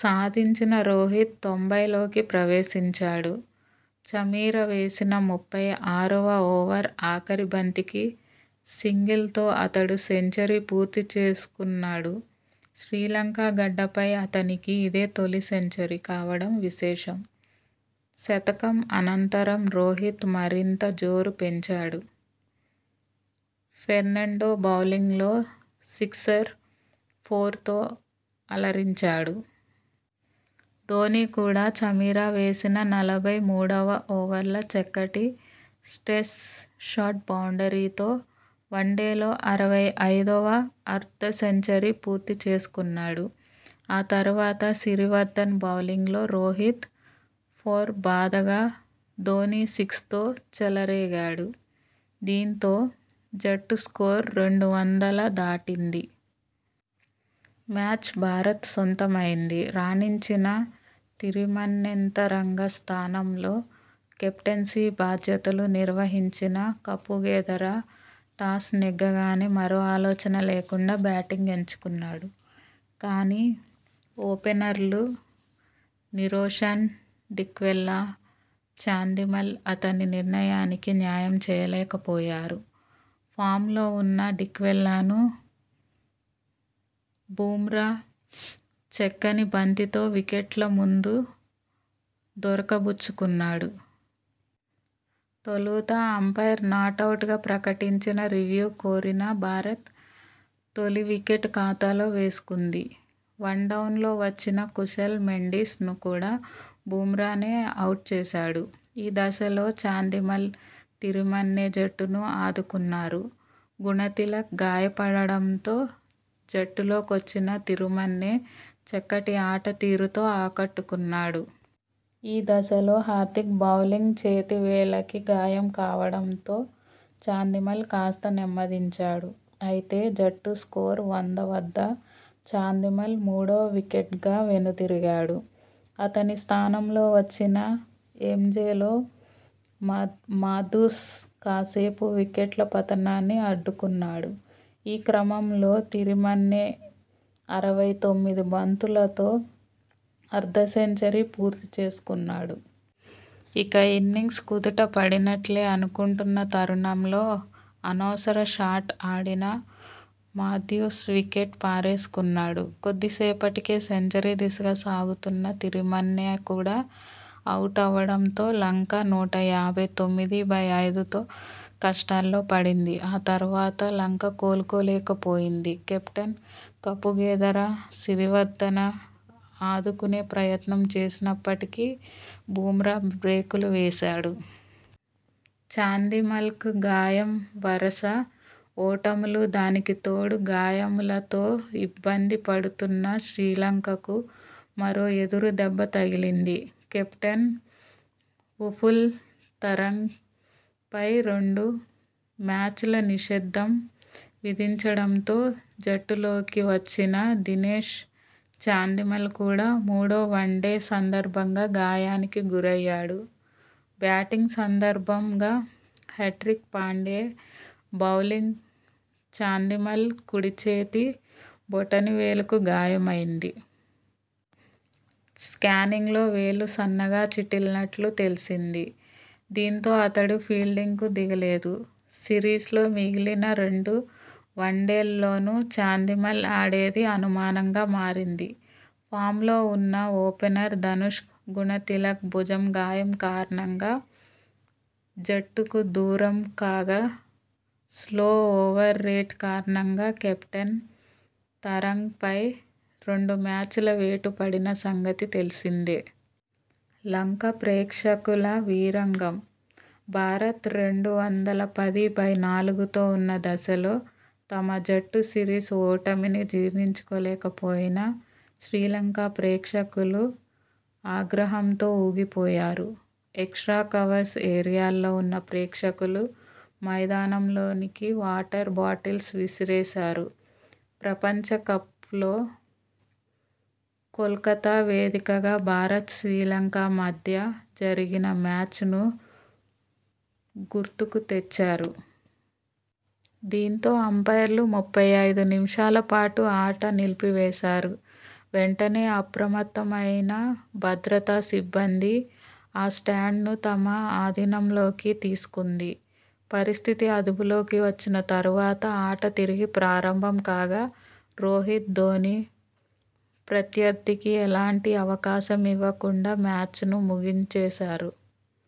సాధించిన రోహిత్ తొంభైల్లోకి ప్రవేశించాడు. చమీర వేసిన ముప్పై ఆరువ ఓవర్ ఆఖరి బంతికి సింగిల్ తో అతడు సెంచరీ పూర్తి చేసుకున్నాడు. శ్రీలంక గడ్డపై అతనికి ఇదే తొలి సెంచరీ కావడం విశేషం. శతకం అనంతరం రోహిత్ మరింత జోరు పెంచాడు. ఫెర్నాండో బౌలింగ్ లో సిక్సర్, ఫోర్ తో అలరించాడు. ధోనీ కూడా చమీర వేసిన నలభై మూడువ ఓవర్లో చక్కటి స్లైస్ షాట్ బౌండ్రీ తో వన్డేల్లో అరవై ఐదువ అర్ధసెంచరీ పూర్తి చేసుకున్నాడు. ఆ తర్వాత సిరివర్దన బౌలింగ్ లో రోహిత్ ఫోర్ బాదగా, ధోనీ సిక్స్ తో చెలరేగాడు. దీంతో జట్టు స్కోరు రెండు వందల దాటింది. మ్యాచ్ భారత్ సొంతమైంది. రాణించిన తిరిమన్నెతరంగ స్థానంలో కెప్టెన్సీ బాధ్యతలు నిర్వర్తించిన కపుగెదర టాస్ నెగ్గగానే మరో ఆలోచన లేకుండా బ్యాటింగ్ ఎంచుకున్నాడు. కానీ, ఓపెనర్లు నిరోషన్ డిక్వెలా, చాందిమల్ అతని నిర్ణయానికి న్యాయం చేయలేకపోయారు. ఫామ్ లో ఉన్న డిక్వెలాను బుమ్రా చక్కని బంతితో వికెట్ల ముందు దొరకబుచ్చుకున్నాడు. తొలుత అంపైర్ నాటౌట్ గా ప్రకటించినా, రివ్యూ కోరిన భారత్ తొలి వికెట్ ఖాతాలో వేసుకుంది. వన్ డౌన్ లో వచ్చిన కుశాల్ మెండిస్ ను కూడా బుమ్రానే అవుట్ చేశాడు. ఈ దశలో చాందిమల్, తిరిమన్నె జట్టును ఆదుకున్నారు. గుణతిలక గాయపడడంతో జట్టులోకొచ్చిన తిరిమన్నె చక్కటి ఆటతీరుతో ఆకట్టుకున్నాడు. ఈ దశలో హార్దిక్ బౌలింగ్లో చేతి వేలికి గాయం కావడంతో చాందిమల్ కాస్త నెమ్మదించాడు. అయితే జట్టు స్కోరు వంద వద్ద చాందిమల్ మూడో వికెట్గా వెనుదిరిగాడు. అతని స్థానంలో వచ్చిన ఏంజెలో మాథ్యూస్ కాసేపు వికెట్ల పతనాన్ని అడ్డుకున్నాడు. ఈ క్రమంలో తిరిమన్నె అరవై తొమ్మిది బంతులథో అర్ధ సెంచరీ పూర్తి చేసుకున్నాడు. ఇక ఇన్నింగ్స్ కుదుట పడినట్టే అనుకుంటున్న తరుణంలో అనవసర షాట్ ఆడిన మాథ్యూస్ వికెట్ పారేసుకున్నాడు. కొద్దిసేపటికే సెంచరీ దిశగా సాగుతున్న తిరిమన్నె కూడా అవుటవడంతో లంక నూట యాభై తొమ్మిది బై ఐదుతో కష్టాల్లో పడింది. ఆ తర్వాత లంక కోలుకోలేకపోయింది. కెప్టెన్ కపుగెదర, సిరివర్దన ఆదుకునే ప్రయత్నం చేసినప్పటికీ బుమ్రా బ్రేకులు వేశాడు. చాందిమల్కు గాయంవరస ఓటములు దానికితోడు గాయా ములతో ఇబ్బంది పడుతున్న శ్రీలంకకు మరో ఎదురుదెబ్బ తగిలింది. కెప్టెన్ ఉపుల్ తరంగ పై రెండు మ్యాచ్ల నిషేధం విధించడంతో జట్టులోకి వచ్చిన దినేష్ చాందిమల్ కూడా మూడో వన్డే సందర్భంగా గాయానికి గురయ్యాడు. బ్యాటింగ్ సందర్భం గా హార్దిక్ పాండ్యా బౌలింగ్లో చాందిమల్ కుడిచేతి బొటనవేలు కు గాయమైంది. స్కానింగ్ లో వేలు సన్నగా చిట్లినట్టు తేలిసింది. దీంతో అతడు ఫీల్డింగ్ కు దిగలేదు. సిరీస్ లో మిగిలిన రెండు వన్డేల్లోనూ చాందిమల్ ఆడేది అనుమానం గా మారింది. ఫామ్ లో ఉన్న ఓపెనర్ ధనుష్క గుణతిలక భుజం గాయం కారణంగా జట్టుకు దూరంకాగా స్లో ఓవర్ రేట్ కారణంగా కెప్టెన్ తరంగపై రెండు మ్యాచ్ల వేటు పడిన సంగతి తెలిసిందే. లంక ప్రేక్షకుల వీరంగం భారత్ రెండు వందల పది బై నాలుగుతో ఉన్న దశలో తమ జట్టు సిరీస్ ఓటమిని జీర్ణించుకోలేకపోయిన శ్రీలంక ప్రేక్షకులు ఆగ్రహంతో ఊగిపోయారు. ఎక్స్ట్రా కవర్స్ ఏరియాలో ఉన్న ప్రేక్షకులు మైదానంలోకి వాటర్ బాటిల్స్ విసిరేశారు. ప్రపంచకప్ లో కోల్కతా వేదికగా భారత్ శ్రీలంక మధ్య జరిగిన మ్యాచ్ ను గుర్తుకుతెచ్చారు. దీంతో అంపైర్లు ముప్పై ఐదు నిమిషాల పాటు ఆట నిలిపి వేశారు. వెంటనే అప్రమత్తమైన భద్రతా సిబ్బంది ఆ స్టాండ్ ను తమ అధీనంలోకి తీసుకుంది. పరిస్థితి అదుపులోకి వచ్చిన తర్వాత ఆట తిరిగి ప్రారంభం కాగా రోహిత్, ధోనీ ప్రత్యర్థికి ఎలాంటి అవకాశం ఇవ్వకుండా మ్యాచ్ను ముగించేశారు.